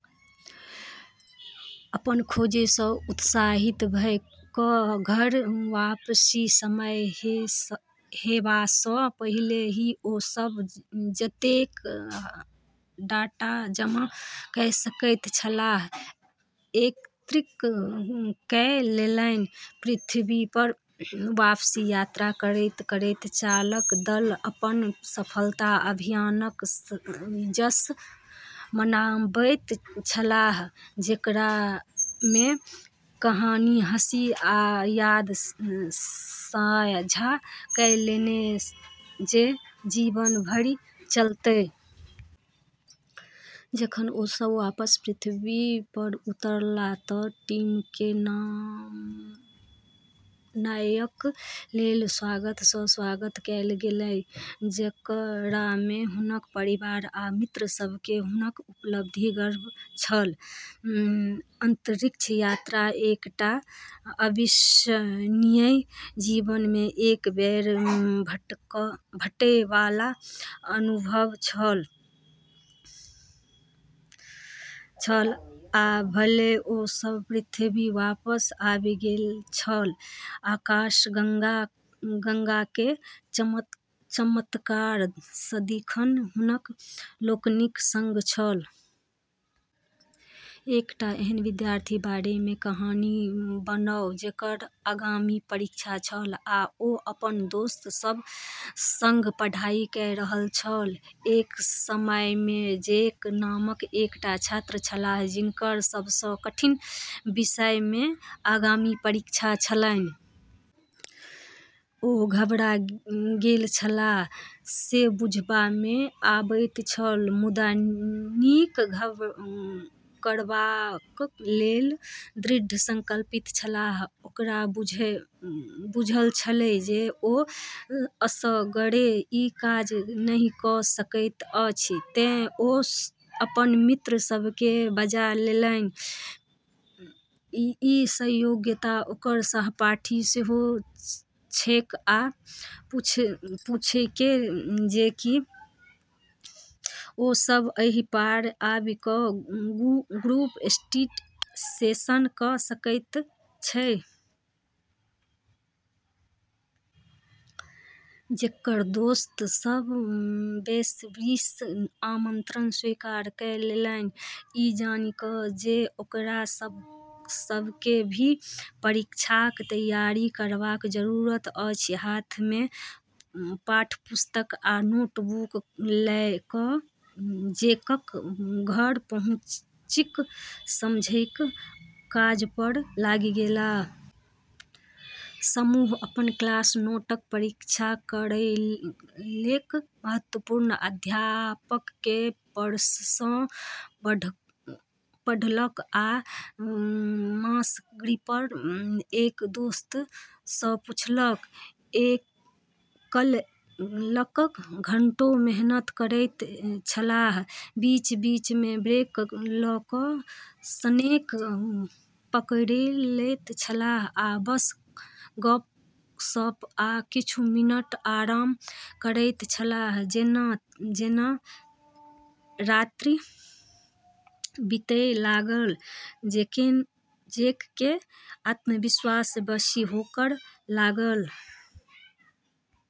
अपन खोजसँ उत्साहित भऽ कऽ घर वापसीक समय हेबासँ पहिने ही ओ सभ जतेक डाटा जमा कइ सकैत छलाह, एकत्रित कइ लेलन्हि। पृथ्वीपर वापसीक यात्रा करैत-करैत चालक दल अपन सफल अभियानक जश्न मनाबैत छलाह, जेकरामे कहानी, हँसी, आ याद साझा कएल गेल जे जीवन भरि चलतै। जखन ओ सभ वापस पृथ्वीपर उतरलाह तँ टीमकेँ नायकक लेक स्वागतसँ स्वागत कएल गेलन्हि, जेकरामे हुनक परिवार आ मित्र सभकेँ हुनक उपलब्धिपर गर्व छल। अंतरिक्ष यात्रा एकटा अविश्वसनीय, जीवनमे एक बेर भेटैबाला अनुभव छल, आ भले ओ सभ पृथ्वीपर वापस आबि गेल छल, आकाशगंगाक चमत्कार सदिखन हुनका लोकनिक संग रहत। एकटा एहन विद्यार्थीक बारेमे कहानी बनाउ जेकर आगामी परीक्षा छल आ ओ अपन दोस्त सभक संग पढ़ाई कइ रहल छल। एक समयमे जैक नामक एकटा छात्र छलाह जिनकर सबसँ कठिन विषयमे आगामी परीक्षा छलन्हि। ओ घबरा गेल छलाह से बुझबामे आवैत छल, मुदा नीक करबाकलेल दृढ़ संकल्पित छलाह। ओकरा बुझल छलैक जे ओ असगरे ई काज नहि कऽ सकैत अछि, तें ओ अपन मित्र सभकेँ बजा लेलक, जे संयोगसँ ओकर सहपाठी सेहो छैक, आ पुछलकै जे की ओ सभ ओही पार आबि कऽ ग्रुप स्टडी सेशन कऽ सकैत छथि। जैकक दोस्त सभ बेसब्रीसँ आमंत्रण स्वीकार कइ लेलक, ई जानि कऽ जे ओकरा सभकेँ भी परीक्षाक तैयारी करबाक जरूरत अछि। हाथमे पाठ्यपुस्तक आ नोटबुक लऽ कऽ जैकक घर पहुँकि सोझहि काजपर लागि गेल। समूह अपन क्लास नोटक समीक्षा कएलक, महत्वपूर्ण अध्यायकेँ फेरसँ पढ़लक आ सामग्रीपर एक दोस्रासँ पूछताछ कएलक। घंटों मेहनत करैत छलाह, बीच-बीचमे ब्रेक लऽ कऽ स्नैक पकड़ैत छलाह वा बस गप्प-सप्प आ किछु मिनट आराम करैत छलाह। जेना-जेना राति बीतैत गेलै, जैककेँ आत्मविश्वास बेसी होबए लगलनि।